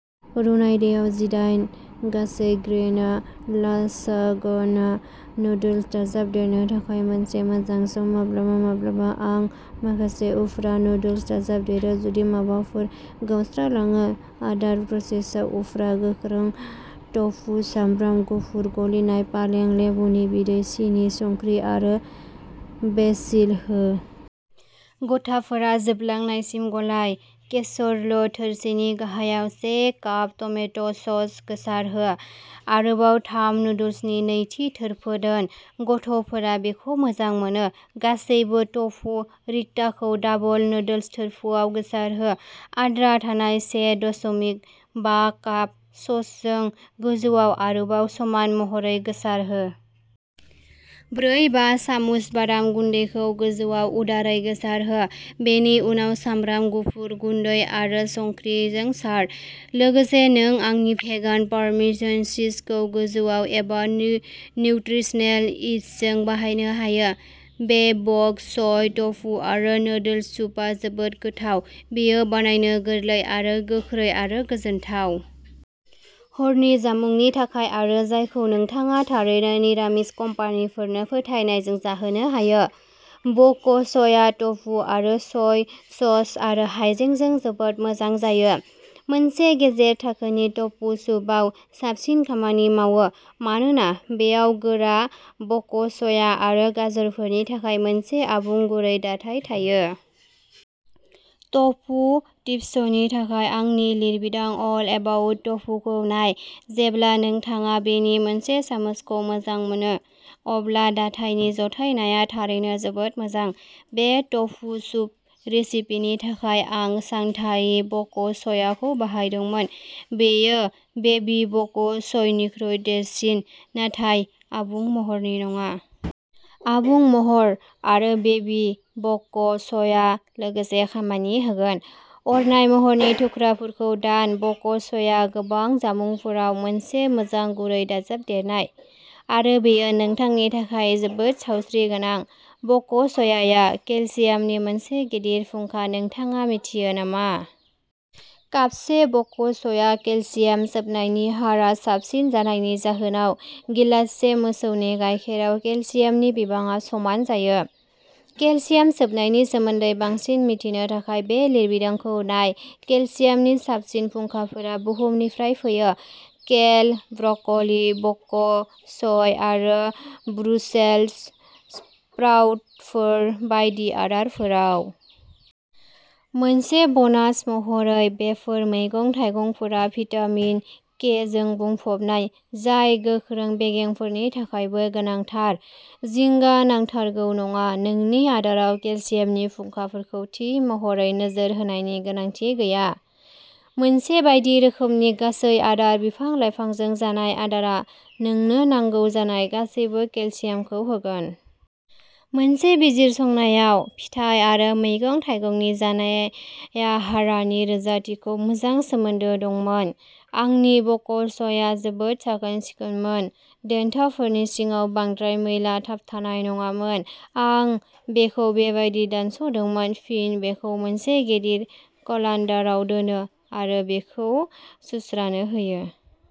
रुनाय दैयाव जिदाइन गासै ग्रेइन लासाग्ना नुडल्स दाजाबदेरनो थाखाय मोनसे मोजां सम। माब्लाबा माब्लाबा आं माखासे उफ्रा नुडल्स दाजाबदेरो, जुदि माबाफोर गावस्रालाङो, आदार प्रसेसयाव, उफ्रा गोख्रों टफु, सामब्राम गुफुर, गलिनाय पालें, लेबुनि बिदै, सिनि, संख्रि आरो बेसिल हो। गथाफोरा जोबलांनायसिम गलाय। केसर'ल थोरसिनि गाहायाव से काप टमेट' सस गोसारहो। आरोबाव थाम नुडल्सनि नैथि थोरफो दोन। गथ'फोरा बेखौ मोजां मोनो। गासैबो टफु रिक'टाखौ डाबल नुडल्स थोरफोआव गोसारहो। आद्रा थानाय से दस'मिक बा काप ससजों गोजौआव आरो समान महरै गोसारहो। ब्रै-बा सामुस बादाम गुन्दैखौ गोजौआव उदारै गोसारहो, बेनि उनाव सामब्राम गुफुर गुन्दै आरो संख्रिजों सार। लोगोसे नों आंनि भेगान पार्मेसन चीजखौ गोजौआव, एबा निउत्रिसनेल इस्टजों बाहायनो हायो। बे बक च'य, टफु आरो नुडल्स सुपआ जोबोद गोथाव, बेयो बानायनो गोरलै आरो गोख्रै आरो गोजोनथाव। हरनि जामुंनि थाखाय, आरो जायखौ नोंथाङा थारैनो निरामिस कम्पानिफोरनो फोथायनायजों जाहोनो हायो। बक चया टफु, आरो सय सस, आरो हायजेंजों जोबोद मोजां जायो। मोनसे गेजेर थाखोनि टफु सुपआव साबसिन खामानि मावो मानोना बेयाव गोरा बक चया आरो गाजरफोरनि थाखाय मोनसे आबुं गुरै दाथाय थायो। टफु टिप्सनि थाखाय आंनि लिरबिदां अल एबाउट टफुखौ नाय। जेब्ला नोंथाङा बेनि मोनसे सामुसखौ मोजां मोनो, अब्ला दाथायनि जथायनाया थारैनो जोबोद मोजां। बे टफु सुप रेसिपिनि थाखाय आं "शांघाई बक चया" खौ बाहायदोंमोन, बेयो बेबी बक चयनिख्रुइ देरसिन, नाथाय आबुं महरनि नङा। आबुं महर आरो बेबी बक चया लोगोसे खामानि होगोन। अरनाय महरनि थुख्राफोरखौ दान। बक चया गोबां जामुंफोराव मोनसे मोजां गुरै दाजाबदेरनाय, आरो बेयो नोंथांनि थाखाय जोबोद सावस्रिगोनां। बक चया आ केलसियामनि मोनसे गिदिर फुंखा नोंथाङा मिथियो नामा? कापसे बक चया, केलसियाम सोबनायनि हारआ साबसिन जानायनि जाहोनाव गिलाससे मोसौनि गायखेरआव केलसियामनि बिबांआ समान जायो। केलसियाम सोबनायनि सोमोन्दै बांसिन मिथिनो थाखाय बे लिरबिदांखौ नाय। केलसियामनि साबसिन फुंखाफोरा बुहुमनिफ्राय फैयो, केल, ब्रकलि, बक च'य आरो ब्रुसेल्स स्प्राउटफोर बायदि आदारफोराव। मोनसे बनास महरै, बेफोर मैगं-थाइगंफोरा भिटामिन के जों बुंफबनाय, जाय गोख्रों बेगेंफोरनि थाखायबो गोनांथार। जिंगा नांथारगौ नङा, नोंनि आदाराव केलसियामनि फुंखाफोरखौ थि महरै नोजोर होनायनि गोनांथि गैया। मोनसे बायदि रोखोमनि, गासै-आदार, बिफां-लाइफांजों जानाय आदारआ नोंनो नांगौ जानाय गासैबो केलसियामखौ होगोन। मोनसे बिजिरसंनायाव, फिथाइ आरो मैगं-थाइगंनि जानाया हारानि रोजाथिजों मोजां सोमोन्दो दंमोन। आंनि बक च'यआ जोबोद साखोन-सिखोनमोन, देन्थाफोरनि सिङाव बांद्राय मैला थाबथानाय नङामोन। आं बेखौ बेबायदि दानस'दोंमोन, फिन बेखौ मोनसे गिदिर कलान्दाराव दोनो आरो बेखौ सुस्रानो होयो।